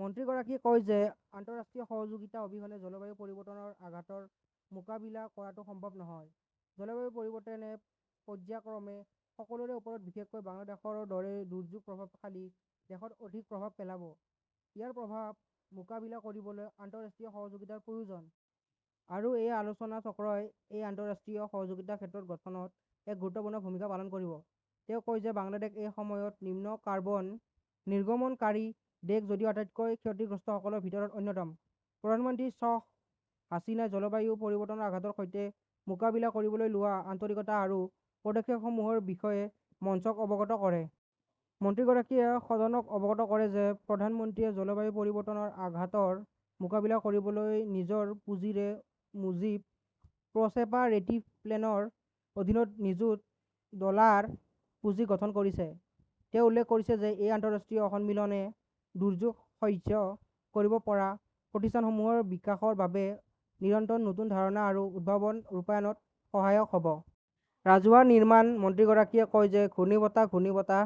মন্ত্ৰীগৰাকীয়ে কয় যে আন্তঃৰাষ্ট্ৰীয় সহযোগিতা অবিহনে জলবায়ু পৰিৱৰ্তনৰ আঘাতৰ মোকাবিলা কৰাটো সম্ভৱ নহয়। জলবায়ু পৰিৱৰ্তনে পৰ্য্যায়ক্ৰমে সকলোৰে ওপৰত, বিশেষকৈ বাংলাদেশৰ দৰে দুৰ্যোগ প্ৰভাৱশালী দেশত অধিক প্ৰভাৱ পেলাব। ইয়াৰ প্ৰভাৱ মোকাবিলা কৰিবলৈ আন্তঃৰাষ্ট্ৰীয় সহযোগিতাৰ প্ৰয়োজন। আৰু এই আলোচনাচক্ৰই এই আন্তঃৰাষ্ট্ৰীয় সহযোগিতাৰ ক্ষেত্ৰ গঠনত এক গুৰুত্বপূৰ্ণ ভূমিকা পালন কৰিব। তেওঁ কয় যে বাংলাদেশ এই সময়ত নিম্ন কাৰ্বন নিৰ্গমনকাৰী দেশ যদিও আটাইতকৈ ক্ষতিগ্ৰস্তসকলৰ ভিতৰত অন্যতম। প্ৰধানমন্ত্ৰী শ্বেখ হাছিনাই জলবায়ু পৰিৱৰ্তনৰ আঘাতৰ সৈতে মোকাবিলা কৰিবলৈ লোৱা আন্তৰিকতা আৰু পদক্ষেপসমূহৰ বিষয়ে মঞ্চক অৱগত কৰে। মন্ত্ৰীগৰাকীয়ে সদনক অৱগত কৰে যে প্ৰধানমন্ত্ৰীয়ে জলবায়ু পৰিৱৰ্তনৰ আঘাতৰ মোকাবিলা কৰিবলৈ নিজৰ পুঁজিৰে মুজীব প্ৰচেপাৰেটিভ প্লেন ৰ অধীনত নিযুত ডলাৰৰ পুঁজি গঠন কৰিছে। তেওঁ উল্লেখ কৰে যে এই আন্তঃৰাষ্ট্ৰীয় সন্মিলনে দুৰ্যোগ সহ্য কৰিব পৰা প্ৰতিষ্ঠানসমূহৰ বিকাশৰ বাবে নিৰন্তৰ নতুন ধাৰণা আৰু উদ্ভাৱন ৰূপায়ণত সহায়ক হ "ব। ৰাজহুৱা নিৰ্মাণ মন্ত্ৰীগৰাকীয়ে কয় যে ঘূৰ্ণীবতাহ, ঘূৰ্ণীবতাহ,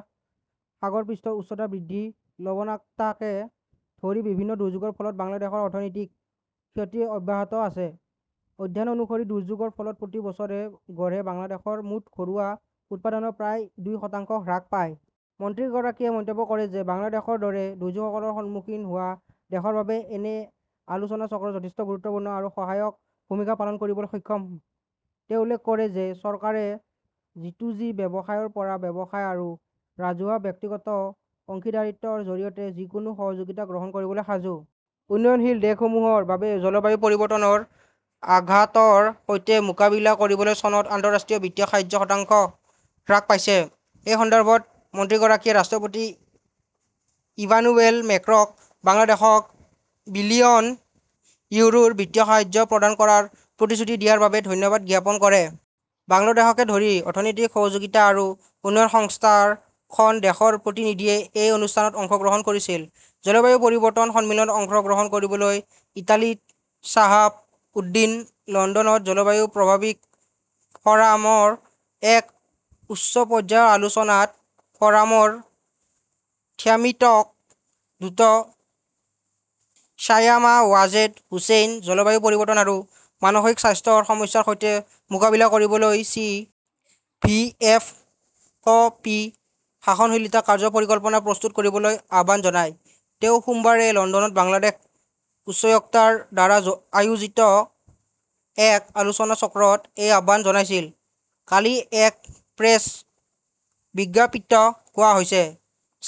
সাগৰ পৃষ্ঠৰ উচ্চতা বৃদ্ধি, লবণাক্ততাকে ধৰি বিভিন্ন দুৰ্যোগৰ ফলত বাংলাদেশৰ অৰ্থনৈতিক ক্ষতি অব্যাহত আছে। অধ্যয়ন অনুসৰি, দুৰ্যোগৰ ফলত প্ৰতি বছৰে গড়ে বাংলাদেশৰ মুঠ ঘৰুৱা উৎপাদনৰ প্ৰায় দুই শতাংশ হ্ৰাস পায়। মন্ত্ৰীগৰাকীয়ে মন্তব্য কৰে যে বাংলাদেশৰ দৰে দুৰ্যোগৰ সন্মুখীন হোৱা দেশৰ বাবে এনে আলোচনাচক্ৰ যথেষ্ট গুৰুত্বপূৰ্ণ আৰু সহায়ক ভূমিকা পালন কৰিবলৈ সক্ষম। তেওঁ উল্লেখ কৰে যে চৰকাৰে জিটুজি, ব্যৱসায়ৰ পৰা ব্যৱসায় আৰু ৰাজহুৱা ব্যক্তিগত অংশীদাৰিত্বৰ জৰিয়তে যিকোনো সহযোগিতা গ্ৰহণ কৰিবলৈ সাজু। উন্নয়নশীল দেশসমূহৰ বাবে জলবায়ু পৰিৱৰ্তনৰ আঘাতৰ সৈতে মোকাবিলা কৰিবলৈ চনত আন্তঃৰাষ্ট্ৰীয় বিত্তীয় সাহায্য শতাংশ হ্ৰাস পাইছে। এই সন্দৰ্ভত মন্ত্ৰীগৰাকীয়ে ৰাষ্ট্ৰপতি ইমানুৱেল মেক্ৰ "ক বাংলাদেশক বিলিয়ন ইউৰোৰ বিত্তীয় সাহায্য প্ৰদান কৰাৰ প্ৰতিশ্ৰুতি দিয়াৰ বাবে ধন্যবাদ জ্ঞাপন কৰে। বাংলাদেশকে ধৰি অৰ্থনৈতিক সহযোগিতা আৰু উন্নয়ন সংস্থাৰ খন দেশৰ প্ৰতিনিধিয়ে এই অনুষ্ঠানত অংশগ্ৰহণ কৰিছিল। জলবায়ু পৰিৱৰ্তন সন্মিলনত অংশগ্ৰহণ কৰিবলৈ ইটালীত শ্বাহাব উদ্দীন লণ্ডনত জলবায়ু প্ৰভাৱিত ফ "ৰাম ৰ এক উচ্চ পৰ্যায়ৰ আলোচনাত ফ" ৰামৰ থিম্যাটিক দূত ছায়মা ৱাজেদ হুচেইনে জলবায়ু পৰিৱৰ্তন আৰু মানসিক স্বাস্থ্যৰ সমস্যাৰ সৈতে মোকাবিলা কৰিবলৈ চি. ভি. এফ. -ক ". পি. সহনশীলতা কাৰ্য্য পৰিকল্পনা প্ৰস্তুত কৰিবলৈ আহ্বান জনায়। তেওঁ সোমবাৰে লণ্ডনত বাংলাদেশ উচ্চায়ুক্তৰ দ্বাৰা আয়োজিত এক আলোচনাচক্ৰত এই আহ্বান জনাইছিল, কালি এক প্ৰেছ বিজ্ঞপ্তিত কোৱা হৈছে।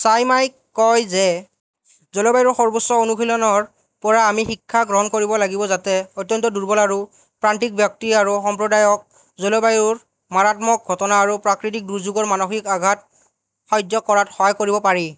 ছাইমাই কয় যে জলবায়ুৰ সৰ্বশ্ৰেষ্ঠ অনুশীলনৰ পৰা আমি শিক্ষা গ্ৰহণ কৰিব লাগিব যাতে অত্যন্ত দুৰ্বল আৰু প্ৰান্তিক ব্যক্তি আৰু সম্প্ৰদায়ক জলবায়ুৰ মাৰাত্মক ঘটনা আৰু প্ৰাকৃতিক দুৰ্যোগৰ মানসিক আঘাত সহ্য কৰাত সহায় কৰিব পাৰি,